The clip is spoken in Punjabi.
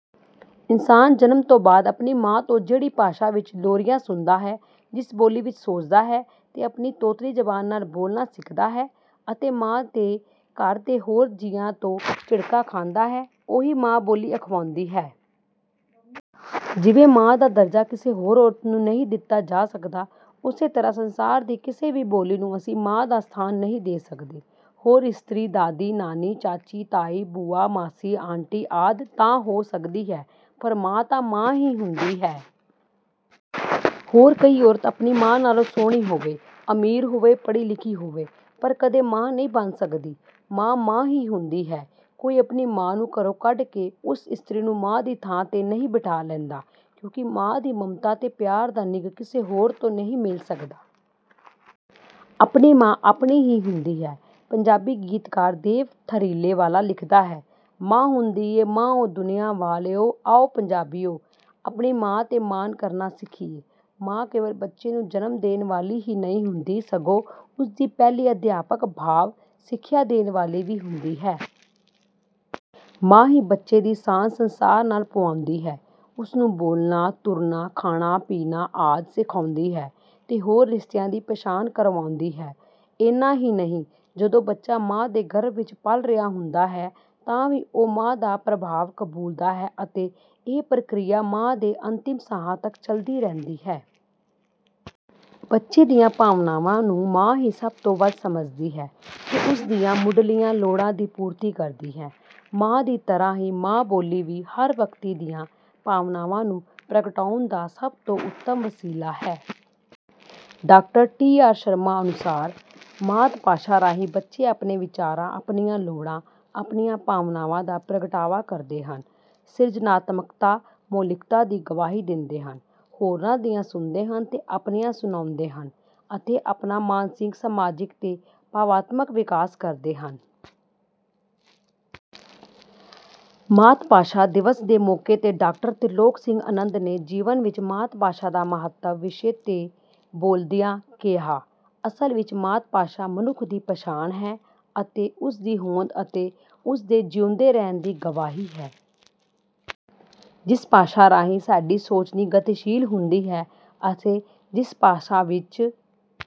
ਇਨਸਾਨ ਜਨਮ ਤੋਂ ਬਾਅਦ ਆਪਣੀ ਮਾਂ ਤੋਂ ਜਿਹੜੀ ਭਾਸ਼ਾ ਵਿੱਚ ਲੋਰੀਆਂ ਸੁਣਦਾ ਹੈ, ਜਿਸ ਬੋਲੀ ਵਿੱਚ ਸੋਚਦਾ ਹੈ ਤੇ ਆਪਣੀ ਤੋਤਲੀ ਜ਼ਬਾਨ ਨਾਲ ਬੋਲਣਾ ਸਿੱਖਦਾ ਹੈ ਅਤੇ ਮਾਂ ਤੇ ਘਰ ਦੇ ਹੋਰ ਜੀਆਂ ਤੋਂ ਝਿੜਕਾਂ ਖਾਂਦਾ ਹੈ, ਉਹੀ ਮਾਂ-ਬੋਲੀ ਅਖਵਾਉਂਦੀ ਹੈ। ਜਿਵੇਂ ਮਾਂ ਦਾ ਦਰਜਾ ਕਿਸੇ ਹੋਰ ਔਰਤ ਨੂੰ ਨਹੀਂ ਦਿੱਤਾ ਜਾ ਸਕਦਾ, ਉਸੇ ਤਰ੍ਹਾਂ ਸੰਸਾਰ ਦੀ ਕਿਸੇ ਵੀ ਬੋਲੀ ਨੂੰ ਅਸੀਂ ਮਾਂ ਦਾ ਸਥਾਨ ਨਹੀਂ ਦੇ ਸਕਦੇ। ਹੋਰ ਇਸਤਰੀ ਦਾਦੀ, ਨਾਨੀ, ਚਾਚੀ, ਤਾਈ, ਭੂਆ, ਮਾਸੀ, ਆਂਟੀ ਆਦਿ ਤਾਂ ਹੋ ਸਕਦੀ ਹੈ, ਪਰ ਮਾਂ ਤਾਂ ਮਾਂ ਹੀ ਹੁੰਦੀ ਹੈ। ਹੋਰ ਕਈ ਔਰਤ ਆਪਣੀ ਮਾਂ ਨਾਲੋਂ ਸੋਹਣੀ ਹੋਵੇ, ਅਮੀਰ ਹੋਵੇ, ਪੜ੍ਹੀ-ਲਿਖੀ ਹੋਵੇ, ਪਰ ਕਦੇ ਮਾਂ ਨਹੀਂ ਬਣ ਸਕਦੀ। ਮਾਂ, ਮਾਂ ਹੀ ਹੁੰਦੀ ਹੈ। ਕੋਈ ਆਪਣੀ ਮਾਂ ਨੂੰ ਘਰੋਂ ਕੱਢ ਕੇ ਉਸ ਇਸਤਰੀ ਨੂੰ ਮਾਂ ਦੀ ਥਾਂ 'ਤੇ ਨਹੀਂ ਬਿਠਾ ਲੈਂਦਾ, ਕਿਉਂਕਿ ਮਾਂ ਦੀ ਮਮਤਾ ਤੇ ਪਿਆਰ ਦਾ ਨਿੱਘ ਕਿਸੇ ਹੋਰ ਤੋਂ ਨਹੀਂ ਮਿਲ ਸਕਦਾ। ਆਪਣੀ ਮਾਂ ਆਪਣੀ ਹੀ ਹੁੰਦੀ ਹੈ। ਪੰਜਾਬੀ ਗੀਤਕਾਰ ਦੇਵ ਥਰੀਕੇ ਵਾਲਾ ਲਿਖਦਾ ਹੈ - "ਮਾਂ ਹੁੰਦੀ ਏ ਮਾਂ ਓ ਦੁਨੀਆਂ ਵਾਲਿਓ" ਆਓ ਪੰਜਾਬੀਓ! ਆਪਣੀ ਮਾਂ 'ਤੇ ਮਾਣ ਕਰਨਾ ਸਿੱਖੀਏ। ਮਾਂ ਕੇਵਲ ਬੱਚੇ ਨੂੰ ਜਨਮ ਦੇਣ ਵਾਲੀ ਹੀ ਨਹੀਂ ਹੁੰਦੀ, ਸਗੋਂ ਉਸ ਦੀ ਪਹਿਲੀ ਅਧਿਆਪਕ ਭਾਵ ਸਿੱਖਿਆ ਦੇਣ ਵਾਲੀ ਵੀ ਹੁੰਦੀ ਹੈ। ਮਾਂ ਹੀ ਬੱਚੇ ਦੀ ਸਾਂਝ ਸੰਸਾਰ ਨਾਲ ਪੁਆਉਂਦੀ ਹੈ। ਉਸਨੂੰ ਬੋਲਣਾ, ਤੁਰਨਾ, ਖਾਣਾ-ਪੀਣਾ ਆਦਿ ਸਿਖਾਉਂਦੀ ਹੈ ਤੇ ਹੋਰ ਰਿਸ਼ਤਿਆਂ ਦੀ ਪਛਾਣ ਕਰਵਾਉਂਦੀ ਹੈ। ਇੰਨਾ ਹੀ ਨਹੀਂ, ਜਦੋਂ ਬੱਚਾ ਮਾਂ ਦੇ ਗਰਭ ਵਿੱਚ ਪਲ ਰਿਹਾ ਹੁੰਦਾ ਹੈ, ਤਾਂ ਵੀ ਉਹ ਮਾਂ ਦਾ ਪ੍ਰਭਾਵ ਕਬੂਲਦਾ ਹੈ ਅਤੇ ਇਹ ਪ੍ਰਕਿਰਿਆ ਮਾਂ ਦੇ ਅੰਤਿਮ ਸਾਹਾਂ ਤੱਕ ਚਲਦੀ ਰਹਿੰਦੀ ਹੈ। ਬੱਚੇ ਦੀਆਂ ਭਾਵਨਾਵਾਂ ਨੂੰ ਮਾਂ ਹੀ ਸਭ ਤੋਂ ਵੱਧ ਸਮਝਦੀ ਹੈ ਤੇ ਉਸ ਦੀਆਂ ਮੁੱਢਲੀਆਂ ਲੋੜਾਂ ਦੀ ਪੂਰਤੀ ਕਰਦੀ ਹੈ। ਮਾਂ ਦੀ ਤਰ੍ਹਾਂ ਹੀ ਮਾਂ-ਬੋਲੀ ਵੀ ਹਰ ਵਿਅਕਤੀ ਦੀਆਂ ਭਾਵਨਾਵਾਂ ਨੂੰ ਪ੍ਰਗਟਾਉਣ ਦਾ ਸਭ ਤੋਂ ਉੱਤਮ ਵਸੀਲਾ ਹੈ। Doctor T. ਆਰ. ਸ਼ਰਮਾ ਅਨੁਸਾਰ - "ਮਾਤ-ਭਾਸ਼ਾ ਰਾਹੀਂ ਬੱਚੇ ਆਪਣੇ ਵਿਚਾਰਾਂ, ਆਪਣੀਆਂ ਲੋੜਾਂ, ਆਪਣੀਆਂ ਭਾਵਨਾਵਾਂ ਦਾ ਪ੍ਰਗਟਾਵਾ ਕਰਦੇ ਹਨ, ਸਿਰਜਣਾਤਮਕਤਾ, ਮੌਲਿਕਤਾ ਦੀ ਗਵਾਹੀ ਦਿੰਦੇ ਹਨ, ਹੋਰਨਾਂ ਦੀਆਂ ਸੁਣਦੇ ਹਨ ਤੇ ਆਪਣੀਆਂ ਸੁਣਾਉਂਦੇ ਹਨ ਅਤੇ ਆਪਣਾ ਮਾਨਸਿਕ, ਸਮਾਜਿਕ ਤੇ ਭਾਵਾਤਮਕ ਵਿਕਾਸ ਕਰਦੇ ਹਨ।" ਮਾਤ-ਭਾਸ਼ਾ ਦਿਵਸ ਦੇ ਮੌਕੇ 'ਤੇ ਡਾਕਟਰ ਤ੍ਰਿਲੋਕ ਸਿੰਘ ਅਨੰਦ ਨੇ "ਜੀਵਨ ਵਿੱਚ ਮਾਤ-ਭਾਸ਼ਾ ਦਾ ਮਹੱਤਵ" ਵਿਸ਼ੇ 'ਤੇ ਬੋਲਦਿਆਂ ਕਿਹਾ - "ਅਸਲ ਵਿੱਚ ਮਾਤ-ਭਾਸ਼ਾ ਮਨੁੱਖ ਦੀ ਪਛਾਣ ਹੈ ਅਤੇ ਉਸ ਦੀ ਹੋਂਦ ਅਤੇ ਉਸ ਦੇ ਜੀਉਂਦੇ ਰਹਿਣ ਦੀ ਗਵਾਹੀ ਹੈ। ਜਿਸ ਭਾਸ਼ਾ ਰਾਹੀਂ ਸਾਡੀ ਸੋਚਣੀ ਗਤੀਸ਼ੀਲ ਹੁੰਦੀ ਹੈ ਅਤੇ ਜਿਸ ਭਾਸ਼ਾ ਵਿੱਚ